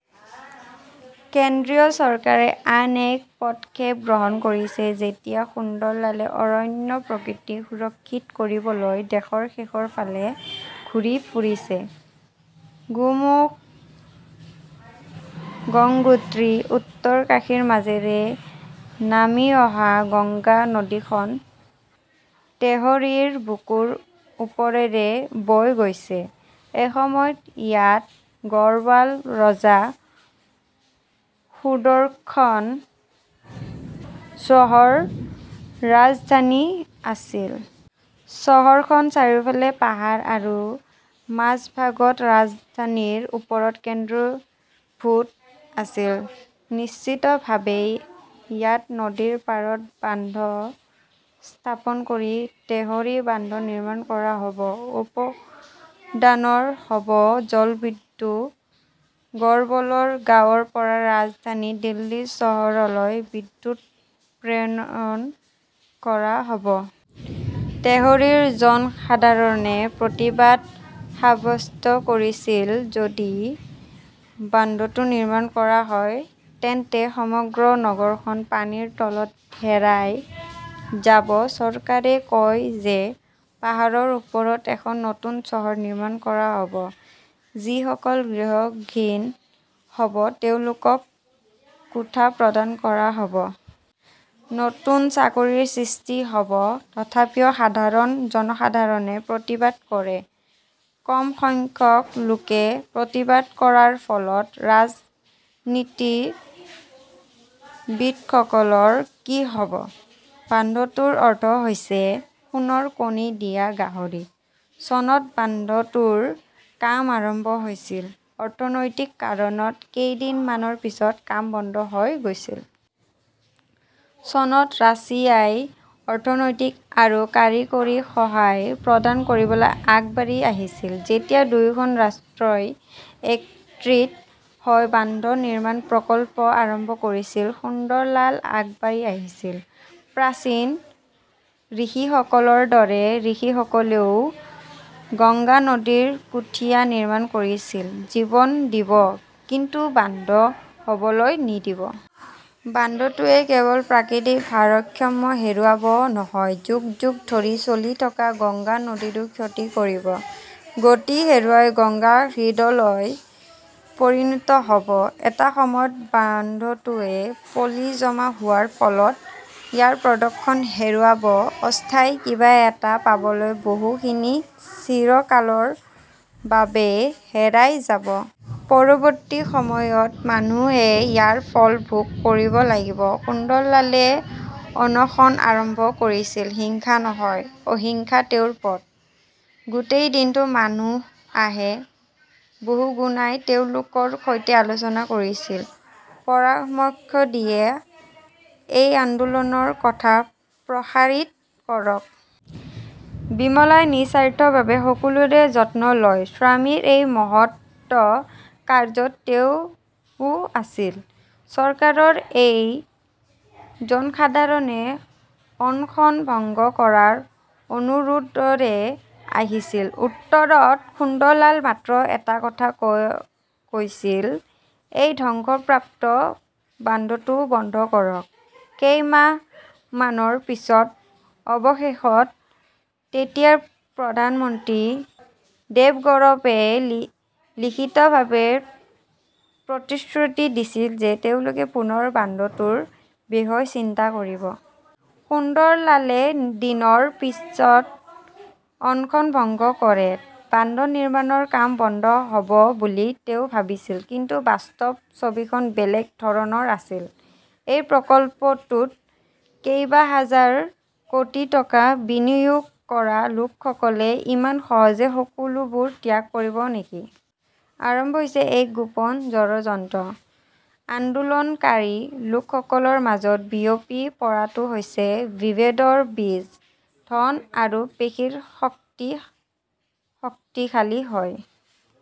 কেন্দ্ৰীয় চৰকাৰে আন এক পদক্ষেপ গ্ৰহণ কৰিছে যেতিয়া সুন্দৰলালে অৰণ্য-প্ৰকৃতি সুৰক্ষিত কৰিবলৈ দেশৰ শেষৰ ফালে ঘূৰি ফুৰিছে। গোমুখ, গংগোত্ৰী, উত্তৰকাশীৰ মাজেৰে নামি অহা গংগা নদীখন তেহৰিৰ বুকুৰ ওপৰেৰে বৈ গৈছে। এসময়ত ইয়াত গড়ৱাল ৰজা সুদৰ্শন শ্বাহৰ ৰাজধানী আছিল। চহৰখন চাৰিওফালে পাহাৰ আৰু মাজভাগত ৰাজধানীৰ ওপৰত কেন্দ্ৰীভূত আছিল। নিশ্চিতভাৱে, ইয়াত নদীৰ পাৰত বান্ধ স্থাপন কৰি তেহৰী বান্ধ নিৰ্মাণ কৰা হ'ব। উৎপাদন হ'ব জলবিদ্যুৎ। গড়বলৰ গাঁৱৰ পৰা ৰাজধানী দিল্লীৰ চহৰলৈ বিদ্যুৎ প্ৰেৰণ কৰা হ'ব। তেহৰীৰ জনসাধাৰণে প্ৰতিবাদ সাব্যস্ত কৰিছিল। যদি বান্ধটো নিৰ্মাণ কৰা হয়, তেন্তে সমগ্ৰ নগৰখন পানীৰ তলত হেৰাই যাব। চৰকাৰে কয় যে পাহাৰৰ ওপৰত এখন নতুন চহৰ নিৰ্মাণ কৰা হ'ব। যিসকল গৃহহীন হ'ব তেওঁলোকক কোঠা প্ৰদান কৰা হ'ব। নতুন চাকৰি সৃষ্টি হ'ব। তথাপিও সাধাৰণ জনসাধাৰণে প্ৰতিবাদ কৰে। কম সংখ্যক লোকে প্ৰতিবাদ কৰাৰ ফলত ৰাজনীতিবিদসকলৰ কি হ'ব? বান্ধটোৰ অৰ্থ হৈছে সোণৰ কণী দিয়া গাহৰি। চনত বান্ধটোৰ কাম আৰম্ভ হৈছিল। অৰ্থনৈতিক কাৰণত কেইদিনমানৰ পিছত কাম বন্ধ হৈ গৈছিল। চনত ৰাছিয়াই অৰ্থনৈতিক আৰু কাৰিকৰী সহায় প্ৰদান কৰিবলৈ আগবাঢ়ি আহিছিল। যেতিয়া দুয়োখন ৰাষ্ট্ৰই একত্ৰিত হৈ বান্ধ নিৰ্মাণৰ প্ৰকল্প আৰম্ভ কৰিছিল, সুন্দৰলাল আগবাঢ়ি আহিছিল। প্ৰাচীন ঋষিসকলৰ দৰে ঋষিসকলেও গংগা নদীত কুথীয়া নিৰ্মাণ কৰিছিল। জীৱন দিব, কিন্তু বান্ধ হ'বলৈ নিদিব। বান্ধটোৱে কেৱল প্ৰাকৃতিক ভাৰসাম্য হেৰুৱাই নহয়, যুগ - যুগ ধৰি চলি থকা গংগা নদীৰো ক্ষতি কৰিব। গতি হেৰুৱাই গঙ্গা হ্ৰদলৈ পৰিণত হ'ব। এটা সময়ত বান্ধটোৱে পলি জমা হোৱাৰ ফলত ইয়াৰ প্ৰদৰ্শন হেৰুৱাব। অস্থায়ী কিবা এটা পাবলৈ বহুখিনি চিৰকালৰ বাবে হেৰাই যাব। পৰৱৰ্তী সময়ত মানুহে ইয়াৰ ফল ভোগ কৰিব লাগিব। সুন্দৰলালে অনশন আৰম্ভ কৰিছিল। হিংসা নহয়। অহিংসা তেওঁৰ পথ। গোটেই দিনটো মানুহ আহে। বহুগুনাই তেওঁলোকৰ সৈতে আলোচনা কৰিছিল। পৰামৰ্শ দিয়ে, এই আন্দোলনৰ কথা প্ৰসাৰিত কৰক। বিমলাই নিস্বাৰ্থভাৱে সকলোৰে যত্ন লয়। স্বামীৰ এই মহৎ কাৰ্য্যত তেওঁও আছিল। চৰকাৰৰ হৈ জনসাধাৰণে অনশন ভংগ কৰাৰ অনুৰোধৰে আহিছিল। উত্তৰত সুন্দৰলালে মাত্ৰ এটা কথা কৈছিল, এই ধ্বংসপ্ৰাপ্ত বান্ধটো বন্ধ কৰক। ""কেইমাহমানৰ পিছত অৱশেষত তেতিয়াৰ প্ৰধানমন্ত্ৰী দেৱগৌড়াৱে লিখিতভাৱে প্ৰতিশ্ৰুতি দিছিল যে তেওঁলোকে পুনৰ বান্ধটোৰ বিষয়ে চিন্তা কৰিব। সুন্দৰলালে দিনৰ পিছত অনশন ভংগ কৰে। বান্ধ নিৰ্মাণৰ কাম বন্ধ হ ""ব বুলি তেওঁ ভাবিছিল, কিন্তু বাস্তৱ ছবিখন বেলেগ ধৰণৰ আছিল। এই প্ৰকল্পটোত কেইবাহাজাৰ কোটি টকা বিনিয়োগ কৰা লোকসকলে ইমান সহজে সকলোবোৰ ত্যাগ কৰিব নেকি? আৰম্ভ হৈছে এক গোপন ষড়যন্ত্ৰ। আন্দোলনকাৰী লোকসকলৰ মাজত বিয়পি পৰাটো হৈছে বিভেদৰ বীজ। ধন আৰু পেশীৰ শক্তি শক্তিশালী হৈ"